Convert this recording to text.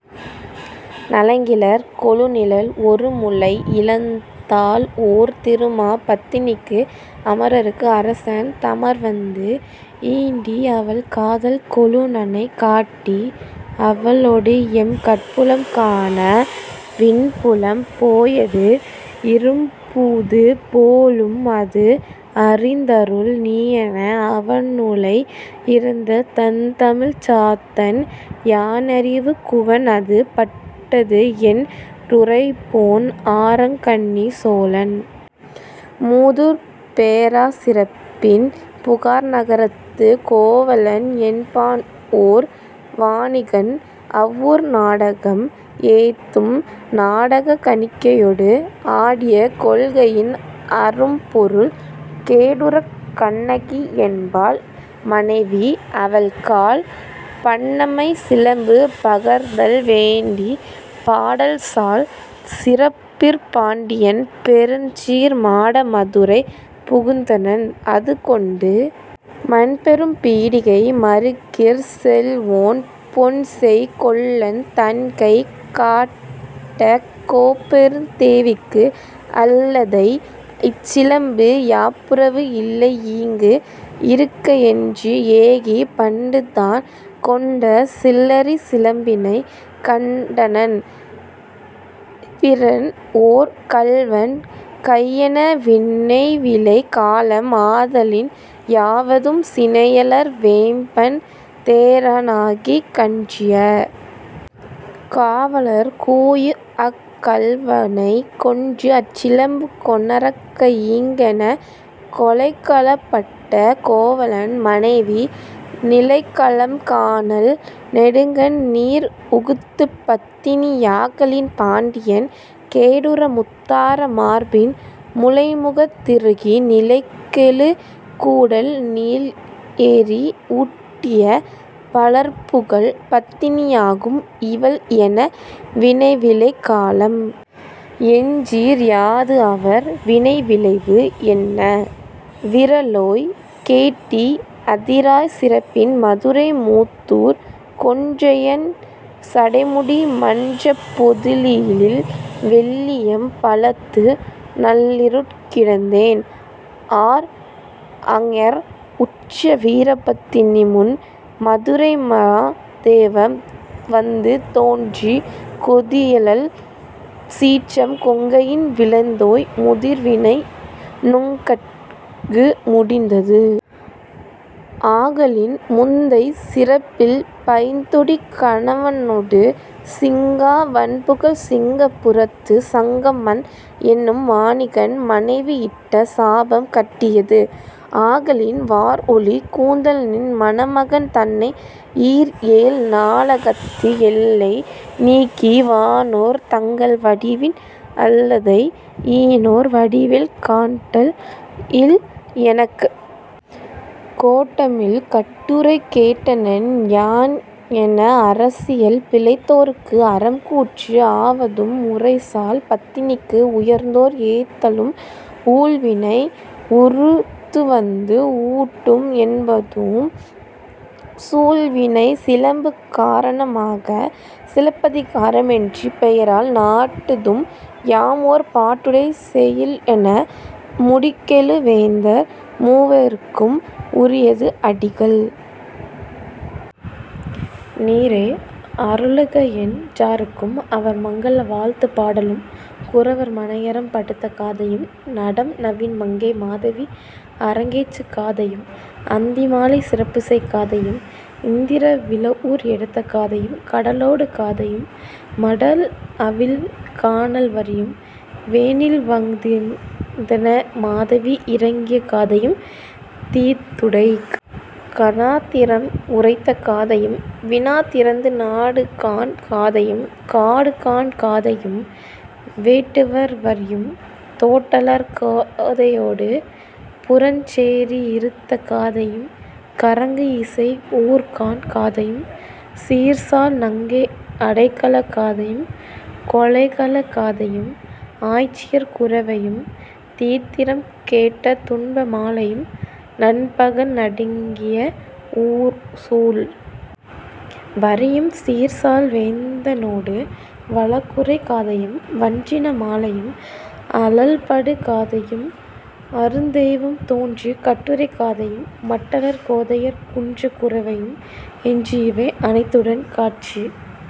நலங்கிளர் கொழுநிழல் ஒருமுலை இழந்தாள்ஓர் திருமா பத்தினிக்கு அமரர்க்கு அரசன் தமர்வந்து ஈண்டிஅவள் காதல் கொழுநனைக் காட்டி அவளொடுஎம் கட்புலம் காண விண்புலம் போயது இறும்பூது போலும்அஃது அறிந்தருள் நீயென, அவனுழை இருந்த தண்தமிழ்ச் சாத்தன் யான்அறி குவன்அது பட்டதுஎன் றுரைப்போன்: ஆரங் கண்ணிச் சோழன் மூதூர்ப் பேராச் சிறப்பின் புகார்நக ரத்துக் கோவலன் என்பான்ஓர் வாணிகன் அவ்வூர் நாடகம் ஏத்தும் நாடகக் கணிகையொடு ஆடிய கொள்கையின் அரும்பொருள் கேடுறக் கண்ணகி என்பாள் மனைவி அவள்கால் பண்ணமை சிலம்பு பகர்தல் வேண்டிப் பாடல்சால் சிறப்பிற் பாண்டியன் பெருஞ்சீர் மாட மதுரை புகுந்தனன், அதுகொண்டு மன்பெரும் பீடிகை மறுகிற் செல்வோன் பொன்செய் கொல்லன் தன்கைக் காட்டக் கோப்பெருந் தேவிக்கு அல்லதை இச்சிலம்பு யாப்புறவு இல்லைஈங்கு இருக்கயென்று ஏகிப் பண்டுதான் கொண்ட சில்லரிச் சிலம்பினைக் கண்டனன் பிறன்ஓர் கள்வன் கையென, வினைவிளை காலம் ஆதலின் யாவதும் சினையலர் வேம்பன் தேரா னாகிக் கன்றிய காவலர்க் கூஉய்அக் கள்வனைக் கொன்றுஅச் சிலம்பு கொணர்க ஈங்கெனக் கொலைக்களப் பட்ட கோவலன் மனைவி நிலைக்களம் காணாள் நெடுங்கண் நீர்உகுத்துப் பத்தினி யாகலின் பாண்டியன் கேடுற முத்தார மார்பின் முலைமுகந் திருகி நிலைகெழு கூடல் நீள்எரி ஊட்டிய பலர்புகழ் பத்தினி யாகும் இவள்என, வினைவிளை காலம் என்றீர் யாதுஅவர் வினைவிளைவு என்ன, விறலோய் கேட்டி அதிராச் சிறப்பின் மதுரை மூதூர்க் கொன்றையஞ் சடைமுடி மன்றப் பொதியிலில் வெள்ளியம் பலத்து நள்ளிருட் கிடந்தேன் ஆர்அஞர் உற்ற வீரபத் தினிமுன் மதுரைமா தெய்வம் வந்து தோன்றிக் கொதியழல் சீற்றம் கொங்கையின் விளைத்தோய் முதிர்வினை நுங்கட்கு முடிந்தது ஆகலின் முந்தைப் பிறப்பில் பைந்தொடி கணவனொடு சிங்கா வண்புகழ்ச் சிங்க புரத்துச் சங்கமன் என்னும் வாணிகன் மனைவி இட்ட சாபம் கட்டியது ஆகலின் வார்ஒலி கூந்தல்நின் மணமகன் தன்னை ஈர்ஏழ் நாளகத்து எல்லை நீங்கி வானோர் தங்கள் வடிவின் அல்லதை ஈனோர் வடிவில் காண்டல் இல்எனக் கோட்டம்இல் கட்டுரை கேட்டனன் யான்என, அரைசியல் பிழைத்தோர்க்கு அறம்கூற்று ஆவதூஉம் உரைசால் பத்தினிக்கு உயர்ந்தோர் ஏத்தலும் ஊழ்வினை உருத்துவந்து ஊட்டும் என்பதூஉம் சூழ்வினைச் சிலம்பு காரண மாகச் சிலப்பதி காரம் என்னும் பெயரால் நாட்டுதும் யாம்ஓர் பாட்டுடைச் செய்யுள்என, முடிகெழு வேந்தர் மூவர்க்கும் உரியது அடிகள் நீரே அருளுகஎன் றார்க்குஅவர், மங்கல வாழ்த்துப் பாடலும், குரவர் மனையறம் படுத்த காதையும், நடம்நவில் மங்கை மாதவி அரங்கேற்று காதையும், அந்தி மாலைச் சிறப்புசெய் காதையும், இந்திர விழவூர் எடுத்த காதையும், கடலாடு காதையும், மடல்அவிழ் கானல்வரியும், வேனில்வந் திறுத்தென மாதவி இரங்கிய காதையும், தீதுடைக் கனாத்திறம் உரைத்த காதையும், வினாத்திறத்து நாடுகாண் காதையும், காடுகாண் காதையும், வேட்டுவர் வரியும், தோட்டலர் கோதையொடு புறஞ்சேரி இறுத்த காதையும், கறங்குஇசை ஊர்க்காண் காதையும், சீர்சால் நங்கை அடைக்கலக் காதையும், கொலைக்களக் காதையும், ஆய்ச்சியர் குரவையும், தீத்திறம் கேட்ட துன்ப மாலையும், நண்பகல் நடுங்கிய ஊர்சூழ் வரியும், சீர்சால் வேந்தனொடு வழக்குரை காதையும், வஞ்சின மாலையும், அழல்படு காதையும், அருந்தெய்வம் தோன்றிக் கட்டுரை காதையும், மட்டலர் கோதையர் குன்றக் குரவையும், என்றுஇவை அனைத்துடன் காட்சி,